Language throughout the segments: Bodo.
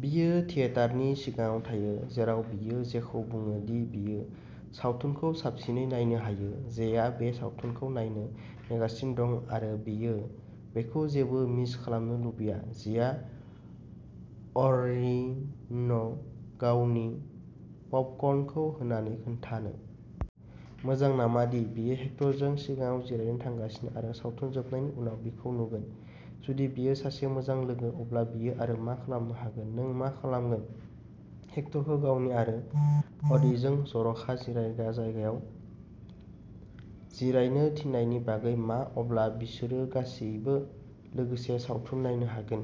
बियो थियेटारनि सिगाङाव थायो, जेराव बियो जेखौ बुङो दि बियो सावथुनखौ साबसिनै नायनो हायो। जेआ बे सावथुनखौ नायनो नेगासिनो दं आरो बियो बेखौ जेबो मिस खालामनो लुबैया। जेआ अर्रीनो गावनि पपकर्नखौ होनानै खोन्थानो मोजां नामा दि बियो हेक्टरजों सिगाङाव जिरायनो थांगासिनो आरो सावथुन जोबनायनि उनाव बिखौ नुगोन जुदि बियो सासे मोजां लोगो, अब्ला बियो आरो मा खालामनो हागोन नों मा खालामगोन हेक्टरखौ गावनि आरो अर्रीजों जर'खा जिरायग्रा जायगायाव जिरायनो थिननायनि बागै मा अब्ला बिसोरो गासैबो लोगोसे सावथुन नायनो हागोन।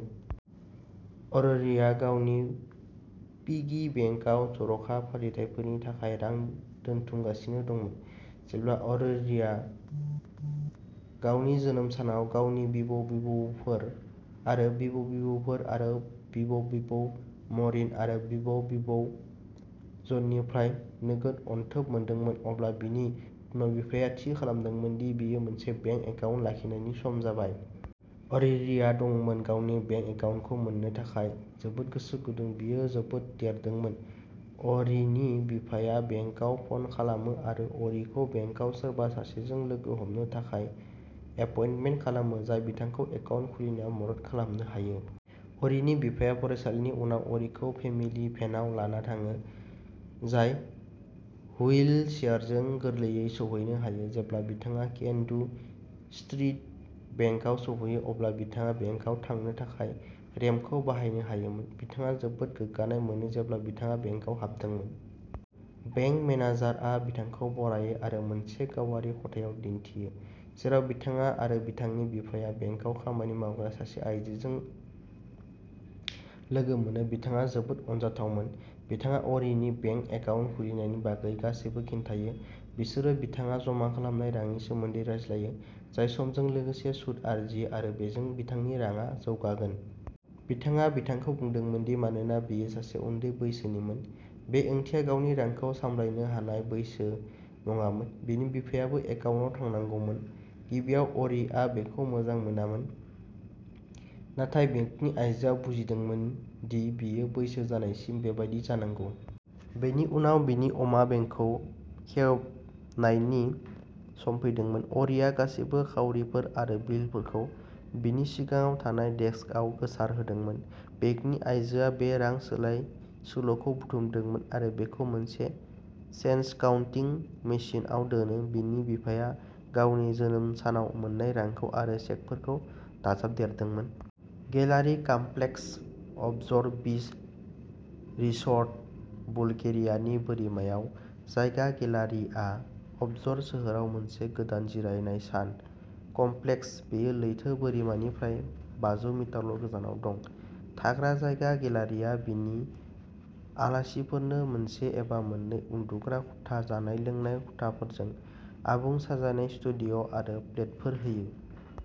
अर्रीया गावनि पिगी बेंकआव जर'खा फालिथायफोरनि थाखाय रां दोनथुमगासिनो दंमोन। जेब्ला अर्रीया गावनि जोनोम सानाव गावनि बिबौ-बिबौफोर आरो बिबौ-बिबौफोर आरो बिबौ-बिबौ म'रिन आरो बिबौ-बिबौ जननिफ्राय नोगोद अनथोब मोनदोंमोन, अब्ला बिनि बिमा-बिफाया थि खालामदोंमोन दि बियो मोनसे बेंक एकाउन्ट लाखिनायनि सम जाबाय। अर्रीआ दंमोन गावनि बेंक एकाउन्टखौ मोन्नो थाखाय जोबोद गोसो गुदुं। बियो जोबोद देरदों मोन। अ'रीनि बिफाया बेंकाव फन खालामो आरो अ'रीखौ बेंकआव सोरबा सासेजों लोगो हमनो थाखाय एपइन्टमेन्ट खालामो, जाय बिथांखौ एकाउन्ट खुलिनायाव मदद खालामनो हायो। अ'रीनि बिफाया फरायसालिनि उनाव अ'रीखौ फेमिली भेनआव लाना थाङो, जाय हुइलचेयारजों गोरलैयै सौहैनो हायो। जेब्ला बिथाङा केन डु स्ट्रीट बेंकआव सौहैयो, अब्ला बिथाङा बेंकआव थांनो थाखाय रेम्पखौ बाहायनो हायोमोन। बिथाङा जोबोद गोग्गानाय मोनो जेब्ला बिथाङा बेंकआव हाबदोंमोन। बेंक मेनेजारआ बिथांखौ बरायो आरो मोनसे गावारि खथायाव दिन्थियो, जेराव बिथाङा आरो बिथांनि बिफाया बेंकआव खामानि मावग्रा सासे आइजों लोगो मोनो। बिथाङा जोबोद अनजाथावमोन। बिथाङा अ'रीनि बेंक एकाउन्ट खुलिनायनि बागै गासैबो खिन्थायो। बिसोरो बिथाङा जमा खालामनाय रांनि सोमोन्दै रायज्लायो, जाय समजों लोगोसे सुद आरजियो आरो बेजों बिथांनि रांआ जौगागोन। बिथाङा बिथांखौ बुंदोंमोन दि मानोना बियो सासे उन्दै बैसोनिमोन, बे ओंथिया गावनि रांखौ सामलायनो हानाय बैसो नङामोन बिनि बिफायाबो एकाउन्टआव थानांगौमोन। गिबियाव अ'रिआ बेखौ मोजां मोनाखैमोन, नाथाय बेंकनि आइजोआ बुजिमोदोंमोन दि बियो बैसो जानायसिम बेबायदि जानांगौ। बेनि उनाव बिनि अमा बेंकखौ खेवनायनि सम फैदोंमोन। अ'रिआ गासैबो खाउरिफोर आरो बिलफोरखौ बिनि सिगाङाव थानाय डेस्कआव गोसारहोदोंमोन। बेंकनि आइजोआ बे रां सोलायसोल'खौ बुथुमदोंमोन आरो बेखौ मोनसे चेन्ज काउन्टिं मेसिनआव दोनो। बिनि बिफाया गावनि जोनोम सानाव मोन्नाय रांखौ आरो चेकफोरखौ दाजाबदेरदोंमोन। गेलारि कमप्लेक्स, अबजर बीच रिसर्ट, बुलगेरियानि बोरिमायाव। जायगा गेलारिआ अबजर सोहोराव मोनसे गोदान जिरायनाय सान कमप्लेक्स। बेयो लैथो बोरिमानिफ्राय बाजौ मिटारल' गोजानाव दं। थाग्रा जायगा गेलारिआ बिनि आलासिफोरनो मोनसे एबा मोननै उन्दुग्रा खथा, जानाय-लोंनाय खथाफोरजों आबुं साजायनाय स्टुडिय'आरो फ्लेटफोर होयो।